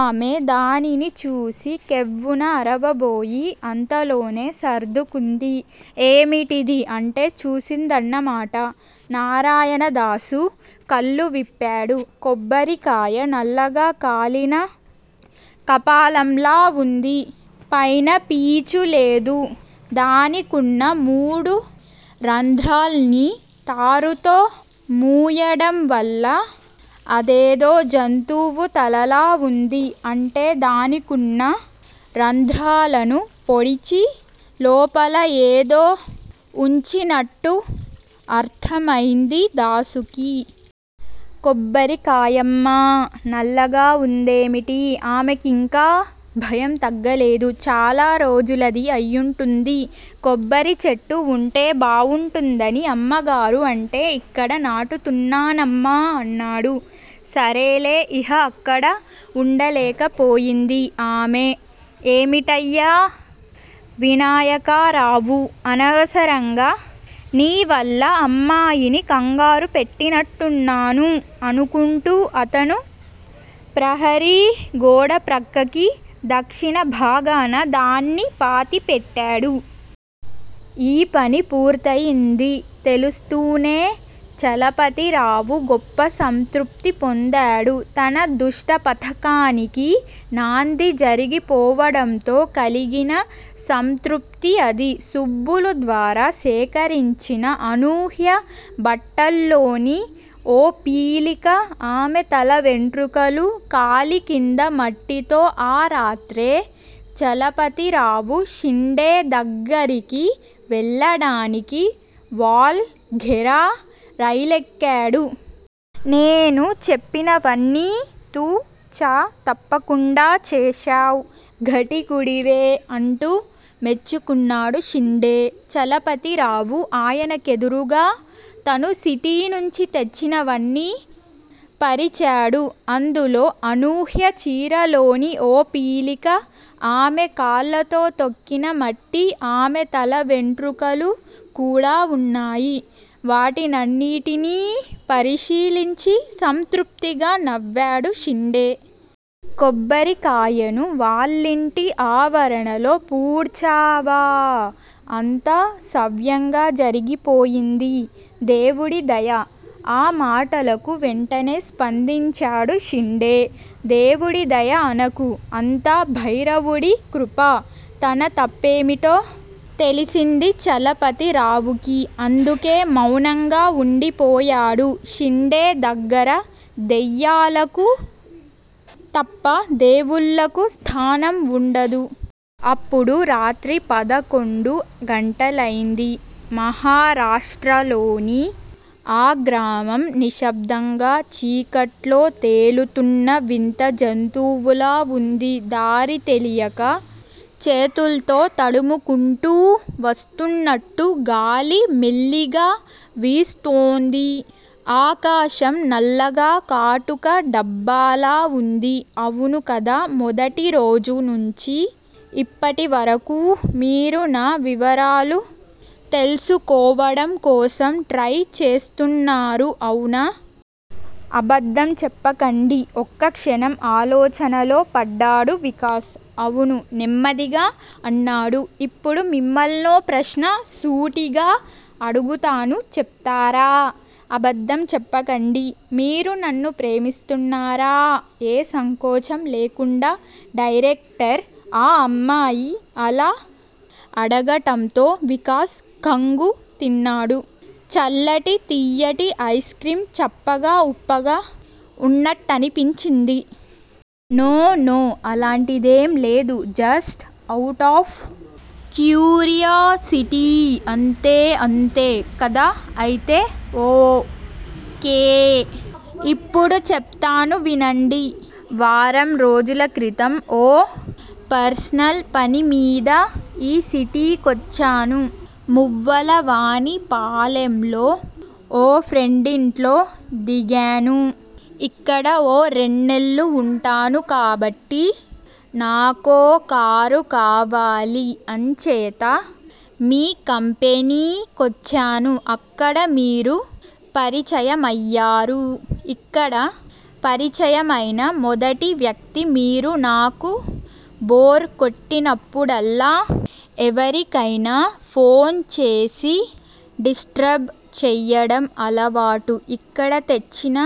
ఆమె దానిని చూసి కెవ్వున అరవబోయి, అంతలోనే సర్దుకుంది. ఏమిటిది? అంటే చూసిందన్న మాట. నారాయణదాసు కళ్ళు విప్పాడు. కొబ్బరికాయ నల్లగా కాలిన కపాలంలా వుంది. పైన పీచు లేదు. దానికున్న మూడు రంధ్రాల్ని తారుతో మూయడంవల్ల అదేదో జంతువు తలలా వుంది. అంటే దానికున్న రంధ్రాలను పొడిచి, లోపల ఏదో వుంచినట్టు అర్థమైంది దాసుకి. కొబ్బరికాయమ్మా నల్లగా వుందేమిటి? ఆమెకింకా భయం తగ్గలేదు. చాలా రోజులది అయ్యుంటుంది. కొబ్బరిచెట్టు వుంటే బావుంటుందని అమ్మగారు అంటే ఇక్కడ నాటుతున్నానమ్మా అన్నాడు. సరేలే ఇహ అక్కడ వుండలేకపోయింది ఆమె. ఏమిటయ్యా వినాయకరావూ! అనవసరంగా నీ వల్ల అమ్మాయిని కంగారుపెట్టినట్టున్నాను అనుకుంటూ అతను ప్రహరీ గోడప్రక్కకి, దక్షిణ భాగాన దాన్ని పాతి పెట్టాడు. ఈ పని పూర్తయిందని తెలుస్తూనే చలపతిరావు గొప్ప సంతృప్తి పొందాడు. తన దుష్టపథకానికి నాంది జరిగిపోవడంతో కలిగిన సంతృప్తి అది. సుబ్బులు ద్వారా సేకరించిన అనూహ్య బట్టల్లోని ఓ పీలిక, ఆమె తల వెంట్రుకలు, కాలికింద మట్టితో ఆ రాత్రే చలపతిరావు షిండే దగ్గరికి వెళ్ళడానికి వాల్ ఘెరా రైలెక్కాడు. నేను చెప్పినవన్నీ తు. చ. తప్పకుండా చేశావ్. ఘటికుడివే అంటూ మెచ్చుకున్నాడు షిండే. చలపతిరావు ఆయనకెదురుగా తను సిటీ నుంచి తెచ్చినవన్నీ పరిచాడు. అందులో అనూహ్య చీరలోని ఓ పీలిక, ఆమె కాళ్ళతో తొక్కిన మట్టి, ఆమె తల వెంట్రుకలు కూడా వున్నాయి. వాటినన్నిటినీ పరిశీలించి సంతృప్తిగా నవ్వాడు షిండే. కొబ్బరికాయను వాళ్ళింటి ఆవరణలో పూడ్చావా? అంతా సవ్యంగా జరిగిపోయింది- దేవుడి దయ ఆ మాటలకు వెంటనే స్పందించాడు షిండే. దేవుడి దయ అనకు అంతా భైరవుడి కృప. తన తప్పేమిటో తెలిసింది చలపతిరావుకి, అందుకే మౌనంగా వుండిపోయాడు. షిండే దగ్గర దెయ్యాలకు తప్ప దేవుళ్ళకు స్థానం వుండదు. అప్పుడు రాత్రి పదకొండు గంటలైంది. మహారాష్ట్రలోని ఆ గ్రామం నిశ్శబ్దంగా చీకట్లో తేలుతున్న వింత జంతువులా వుంది. దారి తెలియక చేతుల్తో తడుముకుంటూ వస్తున్నట్టు గాలి మెల్లిగా వీస్తోంది. ఆకాశం నల్లగా కాటుక డబ్బాలా వుంది. అవును కదా మొదటిరోజు నుంచి ఇప్పటివరకూ మీరు నా వివరాలు తెల్సుకోవడం కోసం ట్రై చేస్తున్నారు అవునా? అబద్దం చెప్పకండి ఒక్కక్షణం ఆలోచనలో పడ్డాడు వికాస్. అవును నెమ్మదిగా అన్నాడు. ఇప్పుడు మిమ్మల్నో ప్రశ్న సూటిగా అడుగుతాను చెప్తారా అబద్దం చెప్పకండి? మీరు నన్ను ప్రేమిస్తున్నారా ఏ సంకోచం లేకుండా డైరెక్టర్ ఆ అమ్మాయి అలా అడగటంతో వికాస్ ఖంగు తిన్నాడు. చల్లటి, తియ్యటి ఐస్ క్రీమ్ చప్పగా, ఉప్పగా వున్నట్టనిపించింది. నో నో అలాంటిదేం లేదు జస్ట్ అవుటాఫ్ క్యూరియాసిటీ అంతే అంతే కదా అయితే ఓ. కే ఇప్పుడు చెప్తాను వినండి వారం రోజుల క్రితం ఓ పర్సనల్ పనిమీద ఈ సిటీకొచ్చాను మువ్వలవాని పాలెంలో ఓ ఫ్రెండింట్లో దిగాను ఇక్కడ ఓ రెన్నెల్లు వుంటాను కాబట్టి, నాకో కారు కావాలి అంచేత మీ కంపెనీ కొచ్చాను అక్కడ మీరు పరిచయమయ్యారు ఇక్కడ పరిచయమైన మొదటి వ్యక్తి మీరు నాకు బోర్ కొట్టినప్పుడల్లా ఎవరికయినా ఫోన్ చేసి 'డిస్ట్రబ్' చెయ్యడం అలవాటు ఇక్కడ తెచ్చిన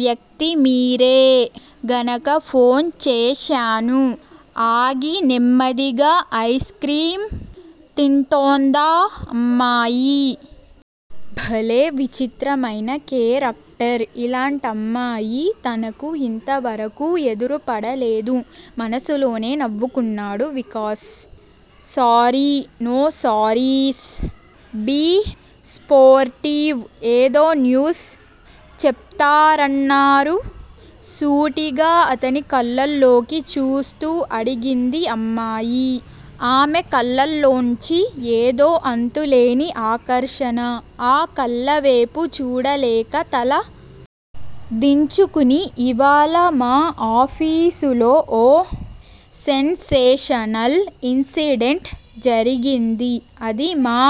వ్యక్తి మీరే గనక ఫోన్ చేశాను ఆగి నెమ్మదిగా ఐస్ క్రీం తింటోందా అమ్మాయి. భలే విచిత్రమైన కేరక్టర్, ఇలాంటమ్మాయి తనకు ఇంతవరకూ ఎదురుపడలేదు. మనసులోనే నవ్వుకున్నాడు Vikas sorry no sorries be sportive ఏదో న్యూస్ చెప్తారన్నారు- సూటిగా అతని కళ్ళల్లోకి చూస్తూ అడిగింది అమ్మాయి. ఆమె కళ్ళల్లోంచి ఏదో అంతులేని ఆకర్షణ. ఆ కళ్ళవేపు చూడలేక తల దించుకుని- ఇవాళ మా ఆఫీసులో ఓ సెన్సేషనల్ ఇన్సిడెంట్ జరిగింది అది మా